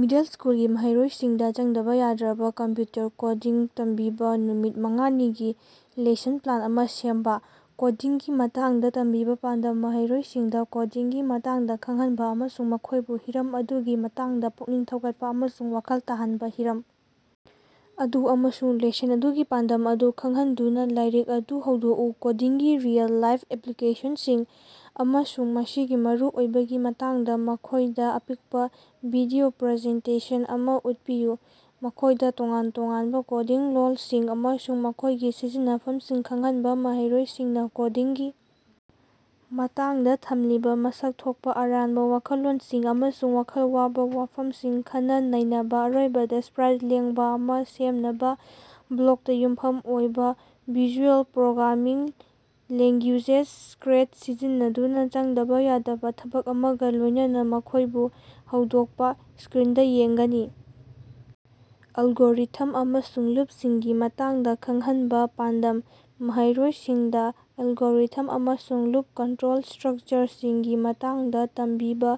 Middle ꯁ꯭ꯀꯨꯜꯒꯤ ꯃꯍꯩꯔꯣꯏꯁꯤꯡꯗ ꯆꯪꯗꯕ ꯌꯥꯗ꯭ꯔꯕ ꯀꯝꯄ꯭ꯌꯨꯇꯔ ꯀꯣꯗꯤꯡ ꯇꯝꯕꯤꯕꯥ ꯅꯨꯃꯤꯠ ꯃꯉꯥꯅꯤꯒꯤ ꯂꯦꯁꯟ ꯄ꯭ꯂꯥꯟ ꯑꯃ ꯁꯦꯝꯕ꯫ ꯀꯣꯗꯤꯡꯒꯤ ꯃꯇꯥꯡꯗ ꯇꯝꯕꯤꯕ ꯄꯥꯟꯗꯝ: ꯃꯍꯩꯔꯣꯏꯁꯤꯡꯗ ꯀꯣꯗꯤꯡꯒꯤ ꯃꯇꯥꯡꯗ ꯈꯪꯍꯟꯕ ꯑꯃꯁꯨꯡ ꯃꯈꯣꯢꯕꯨ ꯍꯤꯔꯝ ꯑꯗꯨꯒꯤ ꯃꯇꯥꯡꯗ ꯄꯨꯛꯅꯤꯡ ꯊꯧꯒꯠꯄ ꯑꯃꯁꯨꯡ ꯋꯥꯈꯜ ꯇꯥꯍꯟꯕ꯫ ꯍꯤꯔꯝ ꯑꯗꯨ ꯑꯃꯁꯨꯡ ꯂꯦꯁꯟ ꯑꯗꯨꯒꯤ ꯄꯥꯟꯗꯝ ꯑꯗꯨ ꯈꯪꯍꯟꯗꯨꯅꯥ ꯂꯥꯏꯔꯤꯛ ꯑꯗꯨ ꯍꯧꯗꯣꯛꯎ ꯀꯣꯗꯤꯡꯒꯤ ꯔꯤꯑꯦꯜ-ꯂꯥꯏꯐ ꯑꯦꯄ꯭ꯂꯤꯀꯦꯁꯟꯁꯤꯡ ꯑꯃꯁꯨꯡ ꯃꯁꯤꯒꯤ ꯃꯔꯨꯑꯣꯏꯕꯒꯤ ꯃꯇꯥꯡꯗ ꯃꯈꯣꯢꯗ ꯑꯄꯤꯛꯄ ꯚꯤꯗꯤꯑꯣ ꯄ꯭ꯔꯖꯦꯟꯇꯦꯁꯟ ꯑꯃ ꯎꯠꯄꯤꯌꯨ꯫ ꯃꯈꯣꯢꯗ ꯇꯣꯉꯥꯟ-ꯇꯣꯉꯥꯟꯕ ꯀꯣꯗꯤꯡ ꯂꯣꯜꯁꯤꯡ ꯑꯃꯁꯨꯡ ꯃꯈꯣꯢꯒꯤ ꯁꯤꯖꯤꯟꯅꯐꯝꯁꯤꯡ ꯈꯪꯍꯟꯕ ꯃꯍꯩꯔꯣꯢꯁꯤꯡꯅ ꯀꯣꯗꯤꯡꯒꯤ ꯃꯇꯥꯡꯗ ꯊꯝꯂꯤꯕ ꯃꯁꯛ ꯊꯣꯛꯄ ꯑꯔꯥꯟꯕ ꯋꯥꯈꯜꯂꯣꯟꯁꯤꯡ ꯑꯃꯁꯨꯡ ꯋꯥꯈꯜ ꯋꯥꯕ ꯋꯥꯐꯝꯁꯤꯡ ꯈꯟꯅ-ꯅꯩꯅꯕꯥ ꯑꯔꯣꯏꯕꯗ ꯁꯄ꯭ꯔꯥꯏꯠ ꯂꯦꯡꯕ ꯑꯃ ꯁꯦꯝꯅꯕ ꯕ꯭ꯂꯣꯛꯇ ꯌꯨꯝꯐꯝ ꯑꯣꯏꯕ ꯚꯤꯖꯨꯑꯦꯜ ꯄ꯭ꯔꯣꯒ꯭ꯔꯥꯃꯤꯡ ꯂꯦꯡꯒꯨꯌꯦꯖ ꯁꯀ꯭ꯔꯦꯆ ꯁꯤꯖꯤꯟꯅꯗꯨꯅ ꯆꯪꯗꯕ ꯌꯥꯗꯕ ꯊꯕꯛ ꯑꯃꯒ ꯂꯣꯢꯅꯥꯅ ꯃꯈꯣꯢꯕꯨ ꯍꯧꯗꯣꯛꯄꯥ꯫ ꯁꯀ꯭ꯔꯤꯟꯗ ꯌꯦꯡꯒꯅꯤ꯫ ꯑꯦꯜꯒꯣꯔꯤꯊꯝ ꯑꯃꯁꯨꯡ ꯂꯨꯞꯁꯤꯡꯒꯤ ꯃꯇꯥꯡꯗ ꯈꯪꯍꯟꯕ ꯄꯥꯟꯗꯝ: ꯃꯍꯩꯔꯣꯢꯁꯤꯡꯗ ꯑꯦꯜꯒꯣꯔꯤꯊꯝ ꯑꯃꯁꯨꯡ ꯂꯨꯞ ꯀꯟꯇ꯭ꯔꯣꯜ ꯁꯇ꯭ꯔꯛꯆꯔꯁꯤꯡꯒꯤ ꯃꯇꯥꯡꯗ ꯇꯝꯕꯤꯕ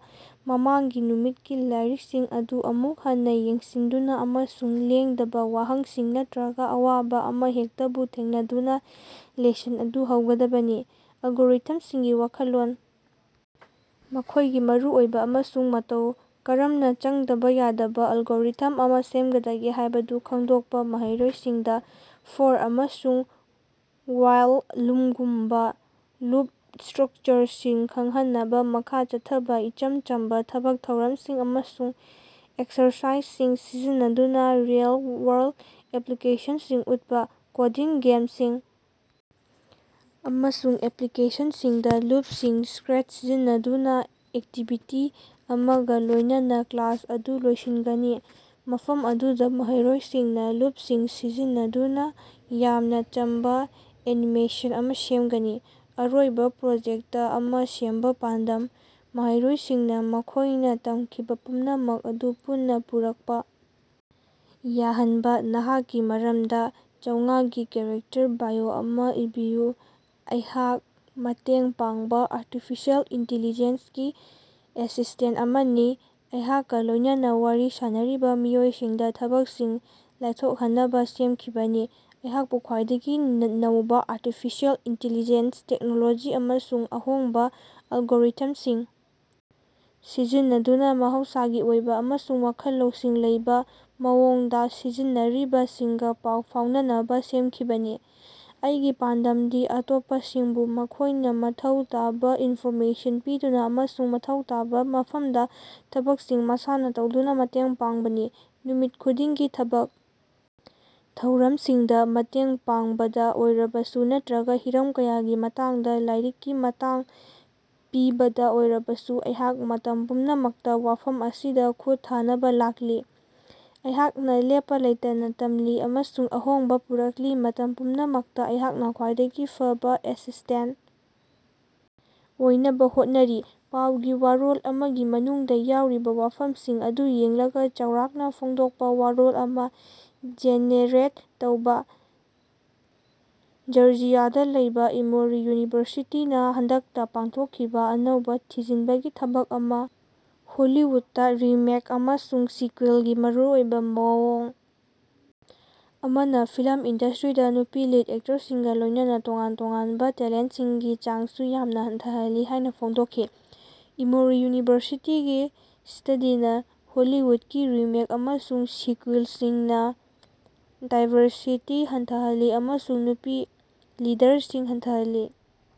ꯃꯃꯥꯡꯒꯤ ꯅꯨꯃꯤꯠꯀꯤ ꯂꯥꯏꯔꯤꯛꯁꯤꯡ ꯑꯗꯨ ꯑꯃꯨꯛ ꯍꯟꯅ ꯌꯦꯡꯁꯤꯟꯗꯨꯅ ꯑꯃꯁꯨꯡ ꯂꯦꯡꯗꯕ ꯋꯥꯍꯪꯁꯤꯡ ꯅꯠꯇ꯭ꯔꯒ ꯑꯋꯥꯕꯥ ꯑꯃꯍꯦꯛꯇꯕꯨ ꯊꯦꯡꯅꯗꯨꯅꯥ ꯂꯦꯁꯟ ꯑꯗꯨ ꯍꯧꯒꯗꯕꯅꯤ꯫ ꯑꯦꯜꯒꯣꯔꯤꯊꯝꯁꯤꯡꯒꯤ ꯋꯥꯈꯜꯂꯣꯟ, ꯃꯈꯣꯢꯒꯤ ꯃꯔꯨꯑꯣꯏꯕ ꯑꯃꯁꯨꯡ ꯃꯇꯧ ꯀꯔꯝꯅꯆꯪꯗꯕ ꯌꯥꯗꯕ ꯑꯦꯜꯒꯣꯔꯤꯊꯝ ꯑꯃ ꯁꯦꯝꯒꯗꯒꯦ ꯍꯥꯢꯕꯗꯨ ꯈꯪꯗꯣꯛꯄ ꯃꯍꯩꯔꯣꯏꯁꯤꯡꯗ "ꯐꯣꯔ" ꯑꯃꯁꯨꯡ "ꯋꯥꯏꯜ" ꯂꯨꯞꯒꯨꯝꯕꯥ ꯂꯨꯞ ꯁꯇ꯭ꯔꯛꯆꯔꯁꯤꯡ ꯈꯪꯍꯟꯅꯕꯥ ꯃꯈꯥ ꯆꯠꯊꯕ ꯏꯆꯝ ꯆꯝꯕ ꯊꯕꯛ ꯊꯧꯔꯝꯁꯤꯡ ꯑꯃꯁꯨꯡ ꯑꯦꯛꯁꯔꯁꯥꯏꯖꯁꯤꯡ ꯁꯤꯖꯤꯟꯅꯗꯨꯅ ꯔꯤꯑꯦꯜ-ꯋꯥꯔꯜꯗ ꯑꯦꯄ꯭ꯂꯤꯀꯦꯁꯟꯁꯤꯡ ꯎꯠꯄꯥ꯫ ꯀꯣꯗꯤꯡ ꯒꯦꯃꯁꯤꯡ ꯑꯃꯁꯨꯡ ꯑꯦꯄ꯭ꯂꯤꯀꯦꯁꯟꯁꯤꯡꯗꯥ ꯂꯨꯞꯁꯤꯡ ꯁꯀ꯭ꯔꯦꯆ ꯁꯤꯖꯤꯟꯅꯗꯨꯅ ꯑꯦꯛꯇꯤꯚꯤꯇꯤ ꯑꯃꯒ ꯂꯣꯢꯅꯅ ꯀ꯭ꯂꯥꯁ ꯑꯗꯨ ꯂꯣꯏꯁꯤꯟꯒꯅꯤ ꯃꯐꯝ ꯑꯗꯨꯗ ꯃꯍꯩꯔꯣꯏꯁꯤꯡꯅ ꯂꯨꯞꯁꯤꯡ ꯁꯤꯖꯤꯟꯅꯗꯨꯅ ꯌꯥꯝꯅ ꯆꯝꯕ ꯑꯦꯅꯤꯃꯦꯁꯟ ꯑꯃ ꯁꯦꯝꯒꯅꯤ꯫ ꯑꯔꯣꯏꯕꯥ ꯄ꯭ꯔꯣꯖꯦꯛꯇ ꯑꯃ ꯁꯦꯝꯕ ꯄꯥꯟꯗꯝ: ꯃꯍꯩꯔꯣꯢꯁꯤꯡꯅ ꯃꯈꯣꯢꯅ ꯇꯝꯈꯤꯕ ꯄꯨꯝꯅꯃꯛ ꯑꯗꯨ ꯄꯨꯟꯅ ꯄꯨꯔꯛꯄ ꯌꯥꯍꯟꯕ꯫ ꯅꯍꯥꯛꯀꯤ ꯃꯔꯝꯗ ꯆꯧꯉꯥꯒꯤ ꯀꯦꯔꯦꯛꯇꯔ ꯕꯥꯏꯑꯣ ꯑꯃꯥ ꯏꯕꯤꯌꯨ꯫ ꯑꯩꯍꯥꯛ ꯃꯇꯦꯡ ꯄꯥꯡꯕ ꯑꯥꯔꯇꯤꯐꯤꯁꯤꯑꯦꯜ ꯏꯟꯇꯤꯂꯤꯖꯦꯟꯁ ꯒꯤ ꯑꯦꯁꯤꯁ꯭ꯇꯦꯟꯇ ꯑꯃꯅꯤ ꯑꯩꯍꯥꯛꯀꯥ ꯂꯣꯢꯅꯅꯥ ꯋꯥꯔꯤ ꯁꯥꯅꯔꯤꯕꯥ ꯃꯤꯑꯣꯏꯁꯤꯡꯗꯥ ꯊꯕꯛꯁꯤꯡ ꯂꯥꯏꯊꯣꯛꯍꯟꯅꯕ ꯁꯦꯝꯈꯤꯕꯅꯤ꯫ ꯑꯩꯍꯥꯛꯄꯨ ꯈ꯭ꯋꯥꯏꯗꯒꯤ ꯅꯧꯕꯥ ꯑꯥꯔꯇꯤꯐꯤꯁꯤꯑꯦꯜ ꯏꯟꯇꯤꯂꯤꯖꯦꯟꯁ ꯇꯦꯛꯅꯣꯂꯣꯖꯤ ꯑꯃꯁꯨꯡ ꯑꯍꯣꯡꯕꯥ ꯑꯦꯜꯒꯣꯔꯤꯊꯝꯁꯤꯡ ꯁꯤꯖꯤꯟꯅꯗꯨꯅ ꯃꯍꯧꯁꯥꯒꯤ ꯑꯣꯏꯕ ꯑꯃꯁꯨꯡ ꯋꯥꯈꯜ ꯂꯧꯁꯤꯡ ꯂꯩꯕ ꯃꯑꯣꯡꯗ ꯁꯤꯖꯤꯟꯔꯤꯕ ꯁꯤꯡꯒ ꯄꯥꯎ ꯐꯥꯎꯅꯅꯕꯥ ꯁꯦꯝꯈꯤꯕꯅꯤ꯫ ꯑꯩꯒꯤ ꯄꯥꯟꯗꯝꯗꯤ ꯑꯇꯣꯞꯄꯁꯤꯡꯕꯨ ꯃꯈꯣꯢꯅ ꯃꯊꯧ ꯇꯥꯕ ꯏꯟꯐꯣꯔꯃꯦꯁꯟ ꯄꯤꯗꯨꯅ ꯑꯃꯁꯨꯡ ꯃꯊꯧ ꯇꯥꯕ ꯃꯐꯝꯗꯥ ꯊꯕꯛꯁꯤꯡ ꯃꯁꯥꯅ ꯇꯧꯗꯨꯅ ꯃꯇꯦꯡ ꯄꯥꯡꯕꯅꯤ꯫ ꯅꯨꯃꯤꯠ ꯈꯨꯗꯤꯡꯒꯤ ꯊꯕꯛ ꯊꯧꯔꯝꯁꯤꯡꯗ ꯃꯇꯦꯡ ꯄꯥꯡꯕꯗ ꯑꯣꯏꯔꯕꯁꯨ ꯅꯠꯇ꯭ꯔꯒ ꯍꯤꯔꯝ ꯀꯌꯥꯒꯤ ꯃꯇꯥꯡꯗ ꯂꯥꯏꯔꯤꯛꯀꯤ ꯃꯇꯥꯡ ꯄꯤꯕꯗ ꯑꯣꯏꯔꯕꯁꯨ ꯑꯩꯍꯥꯛ ꯃꯇꯝ ꯄꯨꯝꯅꯃꯛꯇ ꯃꯐꯝ ꯑꯁꯤꯗ ꯈꯨꯠ ꯊꯥꯅꯕ ꯂꯥꯛꯂꯤ꯫ ꯑꯩꯍꯥꯛꯅ ꯂꯦꯞꯄ ꯂꯩꯇꯅ ꯇꯝꯂꯤ ꯑꯃꯁꯨꯡ ꯑꯍꯣꯡꯕ ꯄꯨꯔꯛꯂꯤ ꯃꯇꯝ ꯄꯨꯝꯅꯃꯛꯇ ꯑꯩꯍꯥꯛꯅ ꯈ꯭ꯋꯥꯏꯗꯒꯤ ꯐꯕ ꯑꯦꯁꯤꯁ꯭ꯇꯦꯟꯇ ꯑꯣꯏꯅꯕ ꯍꯣꯠꯅꯔꯤ꯫ ꯄꯥꯎꯒꯤ ꯋꯥꯔꯣꯜ ꯑꯃꯒꯤ ꯃꯅꯨꯡꯗ ꯌꯥꯎꯔꯤꯕꯥ ꯋꯥꯐꯝꯁꯤꯡ ꯑꯗꯨ ꯌꯦꯡꯂꯒ ꯆꯥꯎꯔꯥꯛꯅ ꯐꯣꯡꯗꯣꯛꯄ ꯋꯥꯔꯣꯜ ꯑꯃ ꯖꯦꯅꯦꯔꯦꯠ ꯇꯧꯕ꯫ ꯖꯔꯖꯤꯌꯥꯗꯥ ꯂꯩꯕꯥ ꯏꯃꯣꯔꯤ ꯌꯨꯅꯤꯚꯔꯁꯤꯇꯤ ꯅ ꯍꯟꯗꯛꯇꯥ ꯄꯥꯡꯊꯣꯛꯈꯤꯕ ꯑꯅꯧꯕ ꯊꯤꯖꯤꯟꯕꯒꯤ ꯊꯕꯛ ꯑꯃꯅ ꯍꯣꯂꯤꯋꯨꯗꯇ ꯔꯤꯃꯦꯛ ꯑꯃꯁꯨꯡ ꯁꯤꯀ꯭ꯌꯨꯏꯜꯒꯤ ꯃꯔꯨꯑꯣꯏꯕ ꯃꯑꯣꯡ ꯑꯃꯅ ꯐꯤꯂꯝ ꯏꯟꯗꯁꯇ꯭ꯔꯤꯗꯥ ꯅꯨꯄꯤ ꯂꯤꯗ ꯑꯦꯛꯇꯔꯁꯤꯡꯒ ꯂꯣꯢꯅꯅ ꯇꯣꯉꯥꯟ ꯇꯣꯉꯥꯟꯕ ꯇꯦꯂꯦꯟꯇꯁꯤꯡꯒꯤ ꯆꯥꯡꯁꯨ ꯌꯥꯝꯅ ꯍꯟꯊꯍꯜꯂꯤ ꯍꯥꯢꯅ ꯐꯣꯡꯗꯣꯛꯈꯤ꯫ ꯏꯃꯣꯔꯤ ꯌꯨꯅꯤꯚꯔꯁꯤꯇꯤꯒꯤ ꯁ꯭ꯇꯗꯤꯅ ꯍꯣꯂꯤꯋꯨꯗꯀꯤ ꯔꯤꯃꯦꯛ ꯑꯃꯁꯨꯡ ꯁꯤꯀ꯭ꯌꯨꯏꯂꯁꯤꯡꯅꯥ ꯗꯥꯏꯕꯔꯁꯤꯇꯤ ꯍꯟꯊꯍꯜꯂꯤ ꯑꯃꯁꯨꯡ ꯅꯨꯄꯤ ꯂꯤꯗꯔꯁꯤꯡ ꯍꯟꯊꯍꯜꯂꯤ꯫